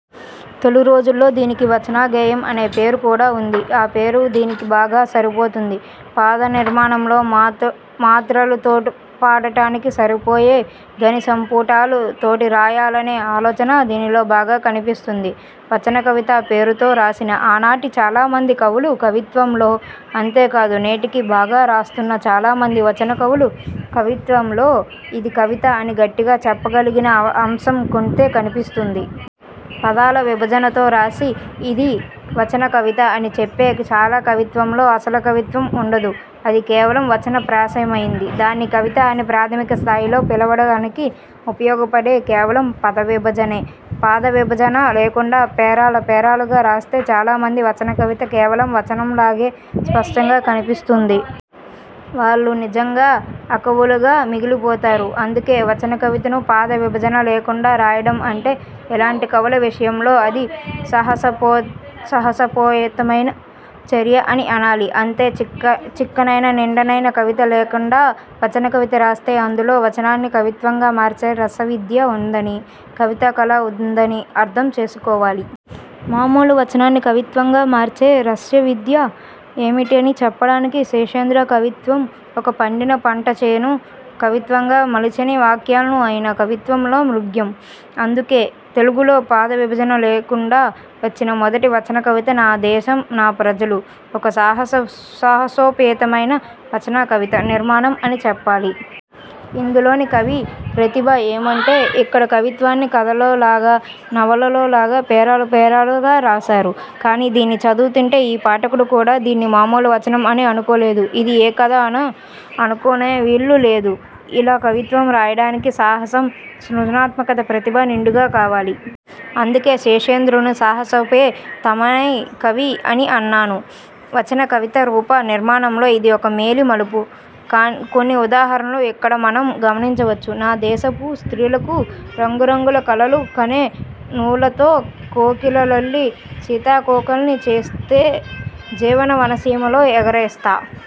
తొలి రోజుల్లో దీనికి వచనగేయం అనే పేరు కూడా ఉంది. ఆపేరు దీనికి బాగా సరిపోతుంది. పాద నిర్మాణంలో మాత్రల తోటి పాడటానికి సరిపోయే ధ్వనిసంపుటాల తోటి రాయాలనే ఆలోచన దీనిలో బాగా కనిపిస్తుంది. వచన కవిత పేరుతో రాసిన ఆనాటి చాలా మంది కవుల కవిత్వంలో, అంతే కాదు నేటికీ బాగా రాస్తున్న చాలా మంది వచన కవుల కవిత్వంలో ఇది కవిత అని గట్టిగా చెప్పగలిగిన అంశం కొంతే కనిపిస్తుంది. పాదాల విభజనతో రాసి ఇది వచన కవిత అని చెప్పే చాలా కవిత్వంలో అసలు కవిత్వం ఉండదు. అది కేవల వచన ప్రాయమైనది. దాన్ని కవిత అని ప్రాథమిక స్థాయిలో పిలవ డానికి ఉపయోగపడేది కేవలం పాదవిభజనే. పాదవిభజన లేకుండా పేరాలు పేరాలుగా రాస్తే చాలా మంది వచన కవిత కేవలం వచనంలాగే స్పష్టంగా కనిపిస్తుంది. వాళ్ళు నిజంగా అకవులుగా మిగిలిపోతారు. అందుకే వచన కవితను పాద విభజన లేకుండా రాయడం అంటే ఇలాంటి కవుల విషయంలో అది సాహసోపేతమైన చర్య అని అనాలి. అంటే చిక్కనైన నిండైన కవిత లేకుండా వచన కవిత రాస్తే అందులో వచనాన్ని కవిత్వంగా మార్చే రసవిద్య ఉందని, కవితా కళ ఉందని అర్థం చేసుకోవాలి. మామూలు వచనాన్ని కవిత్వంగా మార్చే రసవిద్య ఏమిటి అని చెప్పడానికి శేషేంద్ర కవిత్వం ఒక పండిన పంటచేను. కవిత్వంగా మలచని వాక్యాలు ఆయన కవిత్వంలో మృగ్యం. అందుకే తెలుగులో పాద విభజన లేకుం డా వచ్చిన మొదటి వచనకవిత 'నాదేశం నా ప్రజలు' ఒక సాహసోపేతమైన వచనకవితా నిర్మాణం అని చెప్పాలి. ఇందులోని కవి ప్రతిభ ఏమంటే ఇక్కడ కవిత్వాన్ని కథలో లాగా నవలలో లాగా పేరాలు పేరాలుగా రాసారు. కాని దీన్ని చదువుతుంటే ఏ పాఠకుడు కూడా దీన్ని మాములు వచనం అని అనుకోలేడు. ఇది ఏ కథ అనో అనుకునే వీలు లేదు. ఇలా కవిత్వం రాయడానికి సాహసం, సృజనాత్మక ప్రతిభ నిండుగా కావాలి. అందుకే శేషేంద్రను సాహసోపే తమైన కవి అని అన్నాను. వచన కవిత రూప నిర్మాణంలో ఇది ఒక మేలి మలుపు. కొన్ని ఉదాహరణలు ఇక్కడ మనం గమనించవచ్చు: ''నా దేశపు స్త్రీలకు రంగు రంగుల కలలు కనే నూలుతో కోకలల్లి, సీతాకోకల్ని చేస్తా, జీవన వనసీమల్లో ఎగరేస్తా.